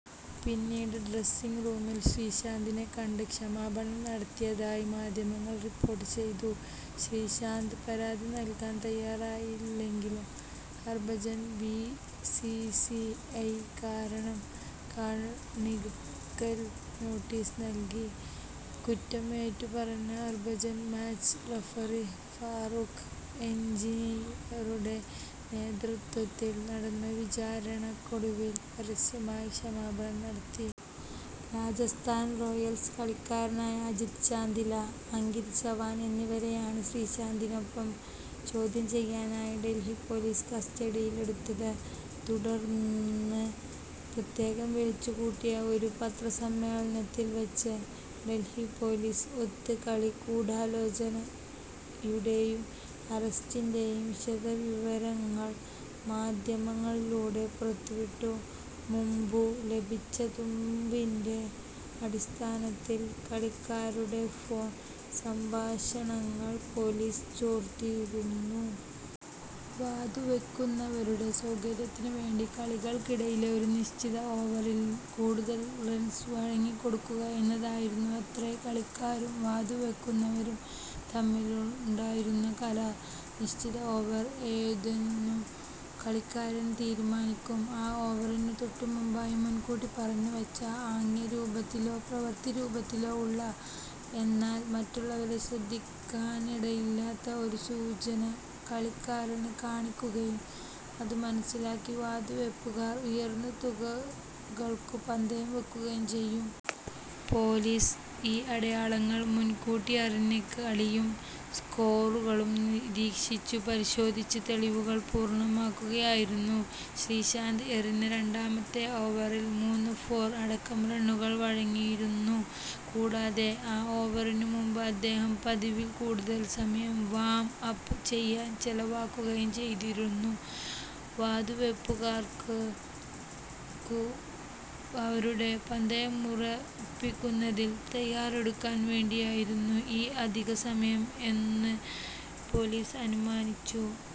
പിന്നീട് ഡ്രസിംഗ് റൂമിൽ ശ്രീശാന്തിനെ കണ്ട് ക്ഷമാപണം നടത്തിയതായി മാധ്യമങ്ങൾ റിപ്പോർട്ട് ചെയ്തു. ശ്രീശാന്ത് പരാതി നൽകാൻ തയ്യാറായില്ലെങ്കിലും ഹർഭജന് ബി. സി. സി. ഐ കാരണം കാണിക്കൽ നോട്ടീസ് നൽകി. കുറ്റം ഏറ്റുപറഞ്ഞ ഹർഭജൻ മാച്ച് റഫറി ഫാറൂഖ് എൻജിനിയറുടെ നേതൃത്വത്തിൽ നടന്ന വിചാരണക്കൊടുവിൽ പരസ്യമായി ക്ഷമാപണം നടത്തി. രാജസ്ഥാൻ റോയൽസ് കളിക്കാരായ അജിത് ചാന്ദില, അങ്കിത് ചവാൻ എന്നിവരെയാണ് ശ്രീശാന്തിനൊപ്പം ചോദ്യം ചെയ്യാനായി ഡൽഹി പൊലീസ് കസ്റ്റഡിയിലെടുത്തത്. തുടർന്നു്, പ്രത്യേകം വിളിച്ചുകൂട്ടിയ ഒരു പത്രസമ്മേളനത്തിൽ വെച്ച് ഡെൽഹി പോലീസ് ഒത്തുകളിഗൂഢാലോചനയുടേയും അറസ്റ്റിന്റേയും വിശദവിവരങ്ങൾ മാദ്ധ്യമങ്ങളിലൂടെ പുറത്തുവിട്ടു. മുമ്പു ലഭിച്ച തുമ്പിന്റെ അടിസ്ഥാനത്തിൽ കളിക്കാരുടെ ഫോൺ സംഭാഷണങ്ങൾ പോലീസ് ചോർത്തിയിരുന്നു. വാതുവെക്കുന്നവരുടെ സൗകര്യത്തിനു വേണ്ടി കളികൾക്കിടെ ഒരു നിശ്ചിത ഓവറിൽ കൂടുതൽ റൺസ് വഴങ്ങിക്കൊടുക്കുക എന്നതായിരുന്നുവത്രേ കളിക്കാരും വാതുവെക്കുന്നവരും തമ്മിലുണ്ടായിരുന്ന കരാർ. നിശ്ചിത ഓവർ ഏതെന്നു് കളിക്കാരൻ തീരുമാനിക്കും. ആ ഓവറിനു തൊട്ടുമുമ്പായി, മുൻകൂട്ടി പറഞ്ഞുവെച്ച, ആംഗ്യരൂപത്തിലോ പ്രവൃത്തിരൂപത്തിലോ ഉള്ള, എന്നാൽ മറ്റുള്ളവർ ശ്രദ്ധിക്കാനിടയില്ലാത്ത, ഒരു സൂചന കളിക്കാരൻ കാണിക്കുകയും അതു മനസ്സിലാക്കി വാതുവെപ്പുകാർ ഉയർന്ന തുകകൾക്കു പന്തയം വെക്കുകയും ചെയ്യും. പോലീസ് ഈ അടയാളങ്ങൾ മുൻകൂട്ടിയറിഞ്ഞ് കളിയും സ്കോറുകളും നിരീക്ഷിച്ചു പരിശോധിച്ച് തെളിവുകൾ പൂർണ്ണമാക്കുകയായിരുന്നു. ശ്രീശാന്ത് എറിഞ്ഞ രണ്ടാമത്തെ ഓവറിൽ മൂന്നു ഫോർ അടക്കം റണ്ണുകൾ വഴങ്ങിയിരുന്നു. കൂടാതെ, ആ ഓവറിനുമുമ്പ് അദ്ദേഹം പതിവിൽ കൂടുതൽ സമയം 'വാം അപ്' ചെയ്യാൻ ചെലവാക്കുകയും ചെയ്തിരുന്നു. വാതുവെപ്പുകാർക്കു് അവരുടെ പന്തയമുറപ്പിക്കുന്നതിൽ തയ്യാറെടുക്കാൻ വേണ്ടിയായിരുന്നു ഈ അധികസമയം എന്നു് പോലീസ് അനുമാനിച്ചു.